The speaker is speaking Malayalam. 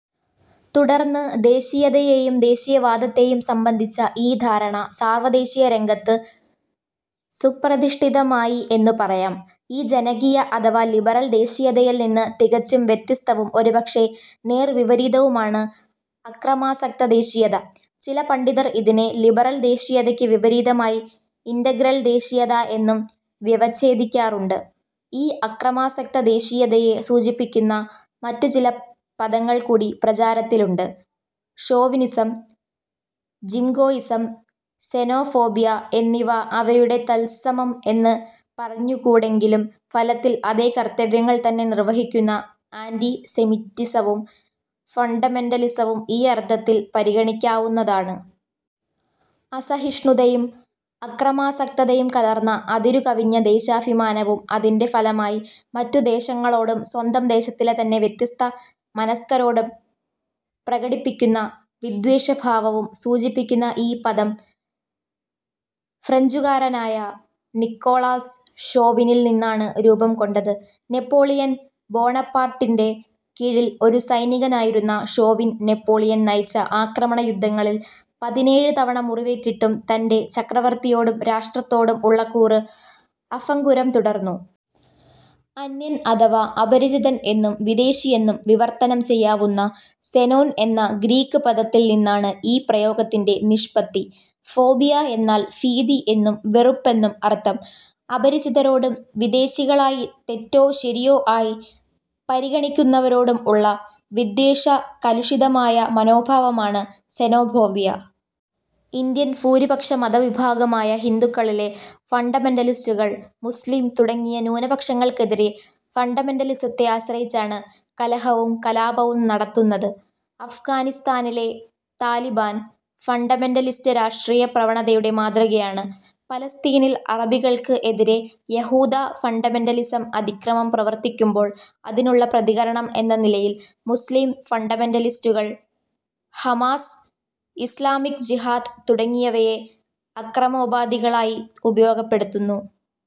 തുടർന്ന് ദേശീയതയേയും ദേശീയവാദത്തെയും സംബന്ധിച്ച ഈ ധാരണ സാർവദേശീയ രംഗത്ത് സുപ്രതിഷ്ഠിതമായി എന്നു പറായാം. ഈ ജനകീയ അഥവാ ലിബറൽ ദേശീയതയിൽ നിന്ന് തികച്ചും വ്യത്യസ്തവും ഒരുപക്ഷേ നേർവിപരീതവുമാണ് അക്രമാസക്തദേശീയത. ചില പണ്ഡിതർ ഇതിനെ ലിബറൽ ദേശീയതയ്ക്ക് വിപരീതമായി ഇന്റഗ്രൽ ദേശീയത എന്നും വ്യവഛേദിക്കാറുണ്ട്. ഈ അക്രമാസക്ത ദേശീയതയെ സൂചിപ്പിക്കുന്ന മറ്റുചില പദങ്ങൾകൂടി പ്രചാരത്തിലുണ്ട്: ഷോവിനിസം, ജിംഗോയിസം, സെനോഫോബിയ എന്നിവ അവയുടെ തൽസമം എന്ന് പറഞ്ഞുകൂടെങ്കിലും ഫലത്തിൽ അതേ കർത്തവ്യങ്ങൾ തന്നെ നിർവഹിക്കുന്ന ആന്റി സെമിറ്റിസവും ഫണ്ടമെന്റലിസവും ഈ അർത്ഥത്തിൽ പരിഗണിക്കാവുന്നതാണ്. അസഹിഷ്ണുതയും അക്രമാസക്തതയും കലർന്ന അതിരു കവിഞ്ഞ ദേശാഭിമാനവും അതിന്റെ ഫലമായി മറ്റു ദേശങ്ങളോടും സ്വന്തം ദേശത്തിലെ തന്നെ വ്യത്യസ്ത മനസ്ക്കരോടും പ്രകടിപ്പിക്കുന്ന വിദ്വേഷ ഭാവവും സൂചിപ്പിക്കുന്ന ഈ പദം ഫ്രഞ്ചുകാരനായ നിക്കോളാസ് ഷോവിനിൽ നിന്നാണ് രൂപംകൊണ്ടത്. നെപ്പോളിയൻ ബോണപ്പാർട്ടിന്റെ കീഴിൽ ഒരു സൈനികൻ ആയിരുന്ന ഷോവിൻ നെപ്പോളിയൻ നയിച്ച ആക്രമണ യുദ്ധങ്ങളിൽ പതിനേഴ് തവണ മുറിവേറ്റിട്ടും തന്റെ ചക്രവർത്തിയോടും രാഷ്ട്രത്തോടും ഉള്ള കൂറ് അഭംഗുരം തുടർന്നു. അന്യൻ അഥവാ അപരിചിതൻ എന്നും വിദേശി എന്നും വിവർത്തനം ചെയ്യാവുന്ന സെനോൻ എന്ന ഗ്രീക് പദത്തിൽ നിന്നാണ് ഈ പ്രയോഗത്തിന്റെ നിഷ്പത്തി. ഫോബിയ എന്നാൽ ഭീതി എന്നും വെറുപ്പ് എന്നും അർത്ഥം. അപരിചിതരോടും വിദേശികളായി തെറ്റോ ശരിയോ ആയി പരിഗണിക്കുന്നവരോടും ഉള്ള വിദ്വേഷകലുഷിതമായ മനോഭാവമാണ് സെനോഫോബിയ. ഇന്ത്യൻ ഭൂരിപക്ഷ മതവിഭാഗമായ ഹിന്ദുക്കളിലെ ഫണ്ടമെന്റലിസ്റ്റുകൾ മുസ്ലീം തുടങ്ങിയ ന്യൂനപക്ഷങ്ങൾക്കെതിരെ ഫണ്ടമെന്റലിസത്തെ ആശ്രയിച്ചാണ് കലഹവും കലാപവും നടത്തുന്നത്. അഫ്ഘാനിസ്താനിലെ താലിബാൻ, ഫണ്ടമെന്റലിസ്റ്റ് രാഷ്ട്രീയ പ്രവണതയുടെ മാതൃകയാണ്. പലസ്തീനിൽ അറബികൾക്ക് എതിരെ യഹൂദ ഫണ്ടമെന്റലിസം അതിക്രമം പ്രവർത്തിക്കുമ്പോൾ അതിനുള്ള പ്രതികരണം എന്ന നിലയിൽ മുസ്ളിം ഫണ്ടമെന്റലിസ്റ്റുകൾ ഹമാസ്, ഇസ്ളാമിക് ജിഹാദ് തുടങ്ങിയവയെ അക്രമോപാധികളായി ഉപയോഗപ്പെടുത്തുന്നു.